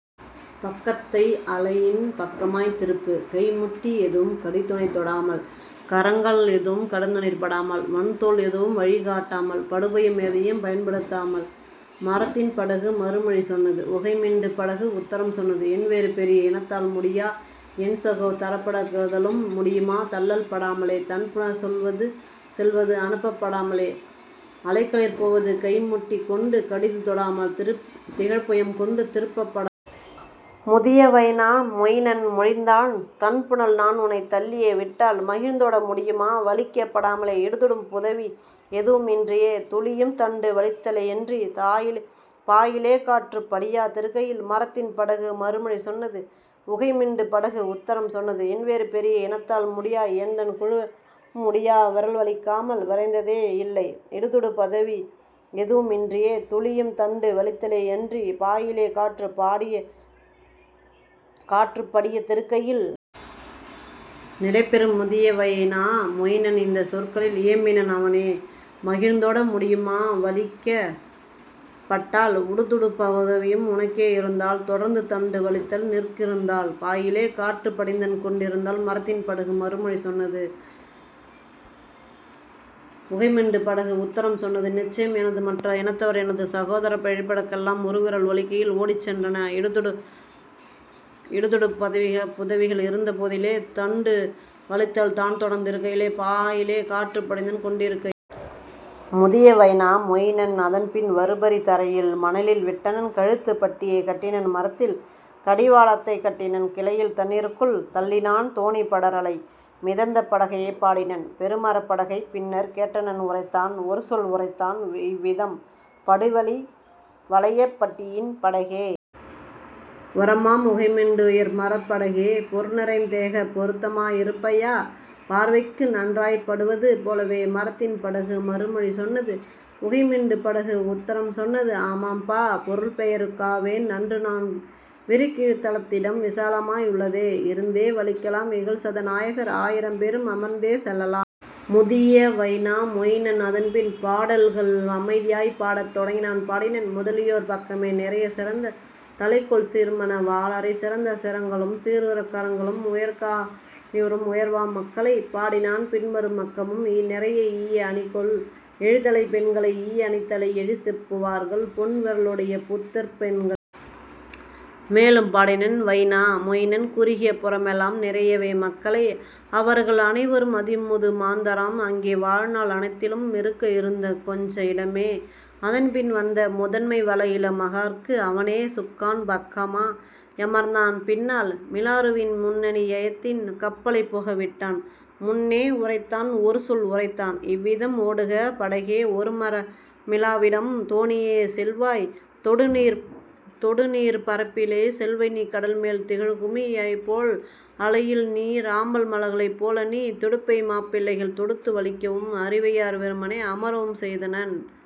பக்கத்தை அலையின் பக்கமாய் திருப்பு கைமுட்டி எதுவும் கடிதுனைத் தொடாமல் கரங்கள் எதுவும் கடந்துனிற் படாமல் வன்தோள் எதுவும் வழிகாட் டாமல் படுபுயம் எதையும் பயன்படுத் தாமல். " மரத்தின் படகு மறுமொழி சொன்னது உகைமிண்டுப் படகு உத்தரம் சொன்னது: "என்வேறு பெரிய இனத்தால் முடியா என்சகோ தரப்பட கெதாலும் முடியா தள்ளப் படாமலே தண்புனற் செல்வது அனுப்பப் படாமலே அலைகளிற் போவது கைமுட்டி கொண்டு கடிது தொடாமல் திகழ்புயம் கொண்டு திருப்பப் படாமல். " முதிய வைனா மொயினன் மொழிந்தான்: "தண்புனல் நான்உனைத் தள்ளியே விட்டால் மகிழ்ந்தோட முடியுமா வலிக்கப் படாமலே இடும்துடுப் புதவி எதுவும் இன்றியே துளியும் தண்டு வலித்தலே யின்றி பாயிலே காற்றுப் படியா திருக்கையில்? " மரத்தின் படகு மறுமொழி சொன்னது உகைமிண்டுப் படகு உத்தரம் சொன்னது: "என்வேறு பெரிய இனத்தால் முடியா எந்தன் குழுவெவ ராலும் முடியா விரல்வலிக் காமல் விரைந்ததே யில்லை இடுதுடுப் புதவி எதுவும் இன்றியே துளியும் தண்டு வலித்தலே யின்றி பாயிலே காற்றுப் படியா திருக்கையில். " நிலைபெறும் முதிய வைனா மொயினன் இந்தச் சொற்களில் இயம்பினன் அவனே: "மகிழ்ந்தோட முடியுமா வலிக்கப் பட்டால் உறுதுடுப் புதவியும் உனக்கே யிருந்தால் தொடர்ந்து தண்டு வலித்தல் நிற் கிருந்தால் பாயிலே காற்றுப் படிந்துகொண் டிருந்தால்? " மரத்தின் படகு மறுமொழி சொன்னது உகைமிண்டுப் படகு உத்தரம் சொன்னது: "நிச்சயம் எனது மற்ற இனத்தவர் எனது சகோதர எழிற்பட கெல்லாம் உறுவிரல் வலிக்கையில் ஓடிச் சென்றன இடுத்துடுப் புதவிகள் இருந்த போதிலே தண்டு வலித்தல் தான்தொடர்ந் திருக்கையில் பாயிலே காற்றுப் படிந்துகொண் டிருக்கையில். " முதிய வைனா மொயினன் அதன்பின் வருபரி தரையில் மணலில் விட்டனன் கழுத்துப் பட்டியை கட்டினன் மரத்தில் கடிவா ளத்தைக் கட்டினன் கிளையில் தண்ணீ ருக்குள் தள்ளினன் தோணி படரலை மிதந்த படகைப் பாடினன் பெருமரப் படகைப் பின்னர் கேட்டனன் உரைத்தான் ஒருசொல் உரைத்தான் இவ்விதம்: "படுவலி வளையப் பட்டியின் படகே! உரமாம் உகைமிண் டுயர்மரப் படகே! பொருள்நிறைத் தேகப் பொருத்தமா யிருப்பையா பார்வைக்கு நன்றாய்ப் படுவது போலவே? " மரத்தின் படகு மறுமொழி சொன்னது உகைமிண்டுப் படகு உத்தரம் சொன்னது: "ஆமப்பா பொருள்பெயற் காவேன் நன்றுநான் விரிகீழ்த் தளத்திடம் விசாலமா யுள்ளது இருந்தே வலிக்கலாம் இகல்சத நாயகர் ஆயிரம் பேரும் அமர்ந்தே செல்லலாம். " முதிய வைனா மொயினன் அதன்பின் பாடல்கள் அமைதியாய்ப் பாடத் தொடங்கினான், பாடினன் முதலிலோர் பக்கமே நிறைய சிறந்த தலைகொள் சீர்மண வாளரை, சிறந்த சிரங்களும் சீருரக் கரங்களும் உயர்கா லணியுறும் உயர்வாம் மக்களை; பாடினான் பின்மறு பக்கமும் நிறைய ஈய அணிகொள் எழில்தலைப் பெண்களை, ஈய அணித்தலை, எழிற்செப்பு வார்கள், பொன் விரலுடைய புத்தெழிற் பெண்களை. மேலும் பாடினன் வைனா மொயினன் குறுகிய புறமெலாம் நிறையவே மக்களை அவர்கள் அனைவரும் அதிமுது மாந்தராம் அங்கே வாழ்நாள் அனைத்திலு மிருக்க இருந்தது கொஞ்ச இடமே அதன்பின் வந்த முதன்மை வளஇள மகார்க்கு. அவனே சுக்கான் பக்கமா யமர்ந்தான் பின்னால் மிலாறுவின் முன்னணி யத்தின் கப்பலைப் போக விட்டனன் முன்னே உரைத்தான் ஒருசொல் உரைத்தான் இவ்விதம்: "ஓடுக படகே, ஒருமர மிலாவிடம், தோணியே, செல்வாய் தொடுநீர்ப் பரப்பிலே, செல்வைநீ கடல்மேல் திகழ்குமி ழியைப்போல அலையில்நீ ராம்பல் மலர்களைப் போலநீ! " துடுப்பைமாப் பிள்ளைகள் தொடுத்து வலிக்கவும் அரிவையர் வெறுமனே அமரவும் செய்தனன்;